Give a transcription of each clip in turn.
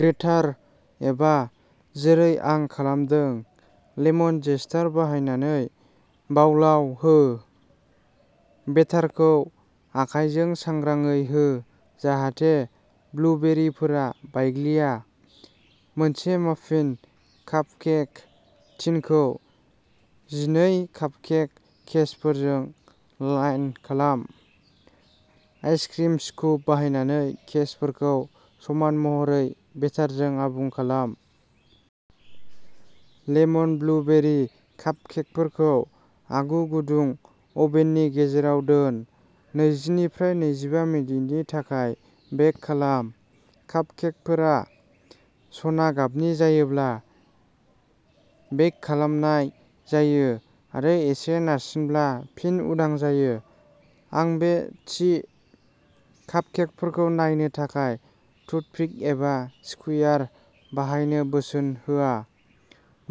ग्रेटार एबा, जेरै आं खालामदों, लेमन जेस्टार बाहायनानै। बावलाव हो। बेटारखौ आखायजों सांग्राङै हो, जाहाथे ब्लुबेरिफोरा बायग्लिया। मोनसे माफिन कापकेक टिनखौ जिनै कापकेक केसफोरजों लाइन खालाम। आइसक्रिम स्कुप बाहायनानै केसफोरखौ समान महरै बेटारजों आबुं खालाम। लेमन ब्लुबेरि कापकेकफोरखौ आगु गुदुं अभेननि गेजेराव दोन। नैजिनिफ्राय नैजिबा मिनिटनि थाखाय बेक खालाम। कापकेकफोरा सना गाबनि जायोब्ला बेक खालामनाय जायो आरो एसे नारसिनब्ला फिन उदां जायो। आं बे थि कापकेकफोरखौ नायनो थाखाय टुथपिक एबा स्क्युयार बाहायनो बोसोन होआ,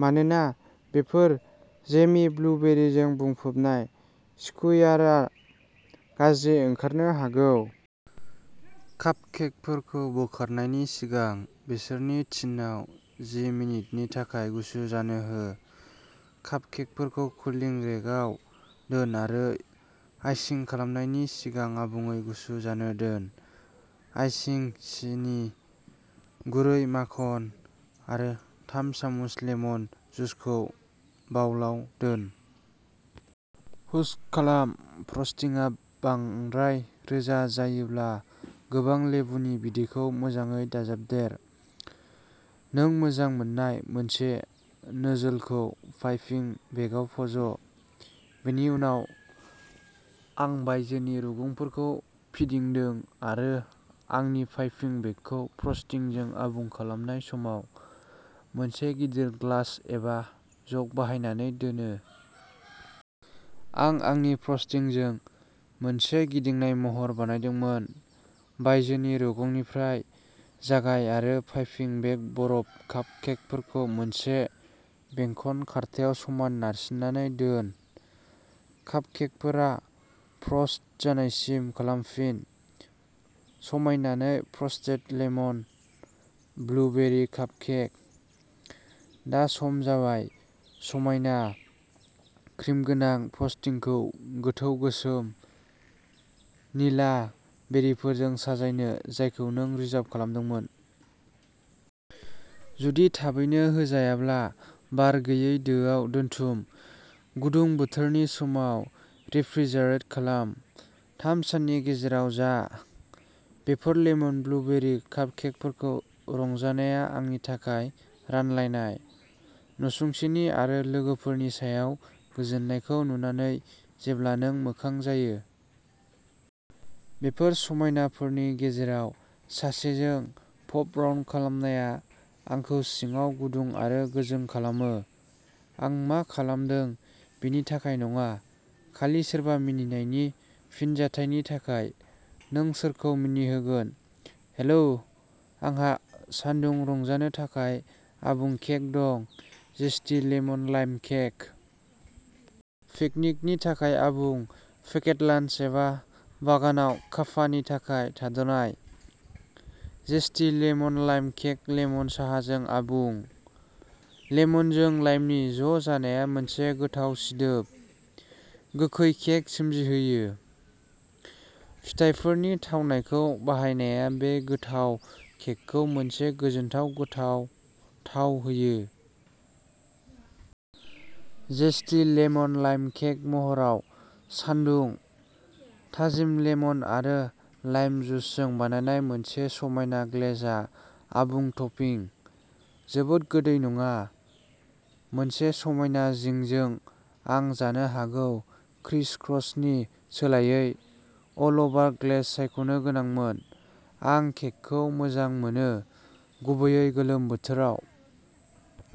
मानोना बेफोर जेमि ब्लुबेरिजों बुंफबनाय, स्क्युआरआ गाज्रि ओंखारनो हागौ। कापकेकफोरखौ बोखारनायनि सिगां बिसोरनि टिनआव जि मिनिटनि थाखाय गुसु जानो हो। कापकेकफोरखौ कुलिं रेकआव दोन आरो आइसिं खालामनायनि सिगां आबुङै गुसु जानो दोन। आइसिं सिनि, गुरै माखन आरो थाम सामुस लेमन जुसखौ बावलाव दोन। हुस्क खालाम। फ्रस्टिंआ बांद्राय रोजा जायोब्ला गोबां लेबुनि बिदैखौ मोजाङै दाजाबदेर। नों मोजां मोननाय मोनसे नोजलखौ पाइपिं बेगआव फज'। बेनि उनाव आं बायजोनि रुगुंफोरखौ फिदिंदों आरो आंनि पाइपिं बेगखौ फ्रस्टिंजों आबुं खालामनाय समाव मोनसे गिदिर ग्लास एबा जग बाहायनानै दोनो। आं आंनि फ्रस्टिंजों मोनसे गिदिंनाय महर बानायदोंमोन। बायजोनि रुगुंनिफ्राय जागाय आरो पाइपिं बेग बरफ कापकेकखौ मोनसे बेंखन खारथायाव समान नारसिननानै दोन। कापकेकफोरा फ्रस्ट जानायसिम खालामफिन। समायनायै फ्रस्टेड लेमन ब्लुबेरि कापकेक। दा सम जाबाय समायना, क्रिमगोनां, फ्रस्टिंखौ गोथौ, गोसोम, निला, बेरिफोरजों साजायनो, जायखौ नों रिजार्भ खालामदोंमोन। जुदि थाबैनो होजायाब्ला बार गैयै दोआव दोनथुम। गुदुं बोथोरनि समाव रेफ्रिजारेट खालाम। थाम साननि गेजेराव जा। बेफोर लेमन ब्लुबेरि कापकेकफोरखौ रंजानाया आंनि थाखाय, रानलायनाय। नसुंसेनि आरो लोगोफोरनि सायाव गोजोननायखौ नुनानै जेब्ला नों मोखां जायो। बेफोर समायनाफोरनि गेजेराव सासेजों पप राउन्ड खालामनाया आंखौ सिङाव गुदुं आरो गोजों खालामो। आं मा खालामदों बिनि थाखाय नङा, खालि सोरबा मिनिनायनि फिनजाथायनि थाखाय। नों सोरखौ मिनिहोगोन? हेलो, आंहा सानदुं रंजानो थाखाय आबुं केक दं, जेस्टी लेमन लाइम केक। पिकनिकनि थाखाय आबुं, पेक्ड लञ्च एबा बागानाव कापानि थाखाय थाद'नाय! Zesty lemon lime cake lemon साहाजों आबुं! लेमनजों लाइमनि ज' जानाया मोनसे गोथाव सिदोब, गोखै केक सोमजिहोयो। फिथाइफोरनि थावनायखौ बाहायनाया बे गोथाव केकखौ मोनसे गोजोनथाव गोथाव थाव होयो। जेस्टी लेमन लाइम केक महराव सानदुं! थाजिम लेमन आरो लाइम जुसजों बानायनाय मोनसे समायना ग्लेजआ आबुं टपिं। जोबोद गोदै नङा, मोनसे समायना जिंजों आं जानो हागौ क्रिस क्रसनि सोलायै अल अ'भार ग्लेज सायख'नो गोनांमोन! आं केकखौ मोजां मोनो, गुबैयै गोलोम बोथोराव।